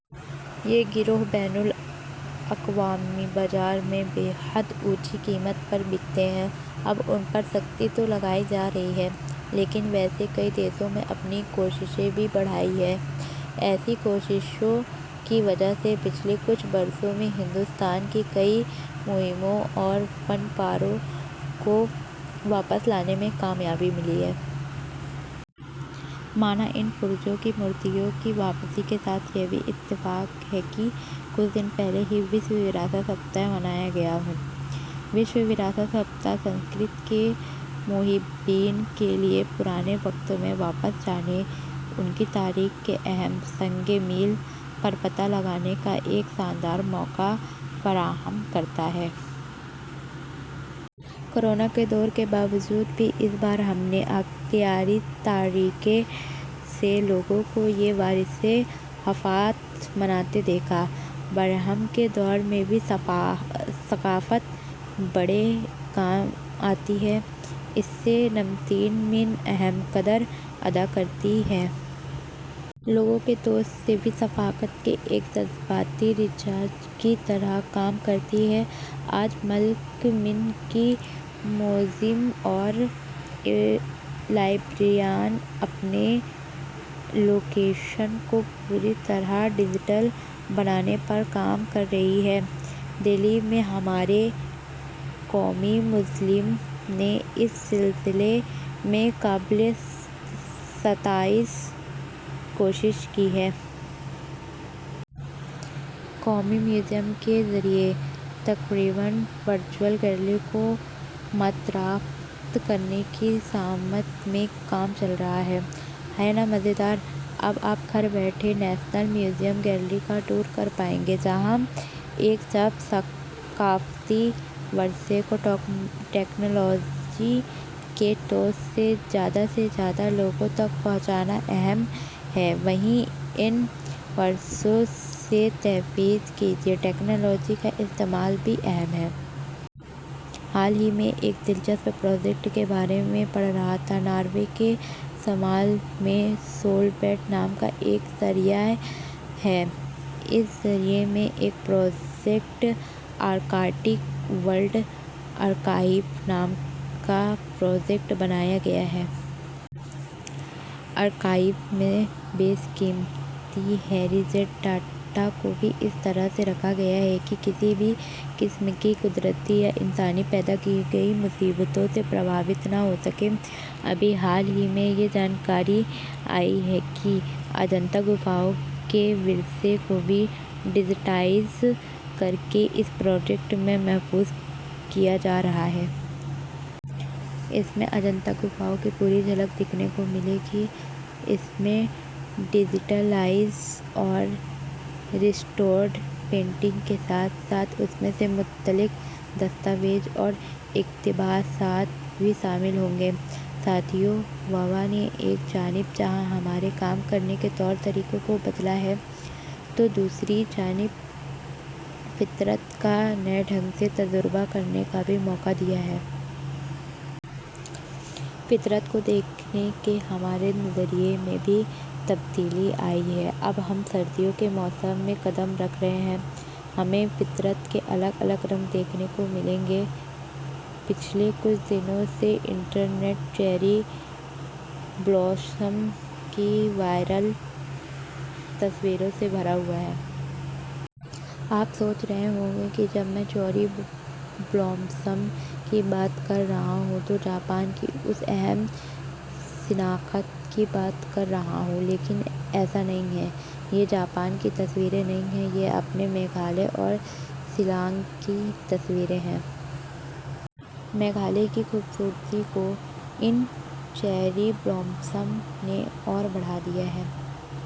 یہ گروہ بین الاقوامی بازار میں، انہیں بہت اونچی قیمت پر بیچتے ہیں۔ اب ان پر سختی تو لگائی جارہی ہے ان کی واپسی کیلئے ہندوستان نے اپنی کوششیں بھی بڑھائی ہیں۔ ایسی کوششوں کی وجہ سے پچھلے کچھ برسوں میں ہندوستان کئی مورتیوں اور فن پاروں کو واپس لانے میں کامیاب رہا ہے۔ ماتا انّ پورنا کی مورتی کی واپسی کے سا تھ، ایک اتفاق یہ بھی جڑا ہے کہ کچھ دن پہلے ہی عالمی ورثہ کا ہفتہ منایا گیا ہے۔ عالمی ورثہ ہفتہ، ثقافت کے محبین کیلئے، پرانے وقت میں واپس جانے، ان کی تاریخ کے اہم سنگ میل کا پتہ لگانے کا ایک شاندار موقع فراہم کرتا ہے۔ کورونا کے دور کے باوجود بھی اس بار ہم نے اختراعی طریقے سے لوگوں کو یہ ورثہ ہفتہ مناتے دیکھا۔ بحران کے دور میں ثقافت بڑے کام آتی ہے۔ اس سے نمٹنے میں اہم کردار ادا کرتی ہے۔ ٹیکنالوجی کے توسط سے بھی ثقافت ایک جذباتی ریچارج کی طرح کام کرتی ہے۔ آج ملک میں کئی میوزیم اور لائبریریاں اپنے کلیکشن کو پوری طرح ڈیجیٹل بنانے پر کام کررہی ہیں۔ دہلی میں ہمارے قومی میوزیم نے اس سلسلے میں قابل ستائش کوششیں کی ہیں۔ قومی میوزیم کے ذریعے تقریباً ورچوول گیلریوں کو متعارف کرانے کی سمت میں کام چل رہا ہے۔ ہے نا مزیدار! اب آپ گھر بیٹھے نیشنل میوزیم گیلریز کا ٹور کرپائیں گے، جہاں ایک جانب ثقافتی ورثے کو ٹیکنالوجی کے توسط سے زیادہ سے زیادہ لوگوں تک پہنچانا اہم ہے وہیں ان ورثوں کے تحفظ کیلئے ٹیکنالوجی کا استعمال بھی اہم ہے۔ حال ہی میں ایک دلچسپ پروجیکٹ کے بارے میں پڑھ رہا تھا، ناروے کے شمال میں سولباڈ نام کا ایک جزیرہ ہے ، اس جزیرے میں ایک پروجیکٹ آرکٹک ورلڈ آرکائیو بنایا گیا ہے۔ اس آرکائیو میں بیش قیمتی ہیریٹیج ڈاٹا کو اس طرح سے رکھا گیا ہے کہ کسی بھی قسم کے قدرتی یا انسانی پیدا کردہ مصیبتوں سے متاثر نہ ہوسکیں۔ ابھی حال ہی میں یہ بھی جانکاری آئی ہے کہ اجنتا گپھاؤں کے ورثے کو بھی ڈیجیٹائز کرکے اس پروجیکٹ میں محفوظ کیا جارہا ہے۔ اس میں اجنتا گپھاؤں کی پوری جھلک دیکھنے کو ملے گی۔ اس میں ڈیجیٹلائزڈ اور ریسٹورڈ پینٹنگ کے ساتھ ساتھ اس سے متعلق دستاویز اور اقتباسات بھی شامل ہوں گے۔ ساتھیو، وبا نے ایک جانب جہاں ہمارے کام کرنے کے طور طریقوں کو بدلا ہے تو دوسری جانب فطرت کا نئے ڈھنگ سے تجربہ کرنے کا بھی موقع دیا ہے۔ فطرت کو دیکھنے کے ہمارے نظریے میں بھی تبدیلی آئی ہے۔ اب ہم سردیوں کے موسم میں قدم رکھ رہے ہیں، ہمیں فطرت کے الگ الگ رنگ دیکھنے کو ملیں گے۔ پچھلے کچھ دنوں سے انٹرنیٹ، چیری بلوزم کی وائرل تصویروں سے بھرا ہوا ہے۔ آپ سوچ رہے ہوں گے جب میں چیری بلوزم کی بات کررہا ہوں تو جاپان کے اس اہم شناخت کی بات کررہا ہوں۔ لیکن ایسا نہیں ہے۔ یہ جاپان کی تصویریں نہیں ہیں، یہ اپنے میگھالیہ کے شیلانگ کی تصویریں ہیں۔ میگھالیہ کی خوبصورتی کو ان چیری بلوزم نے اور بڑھادیا ہے۔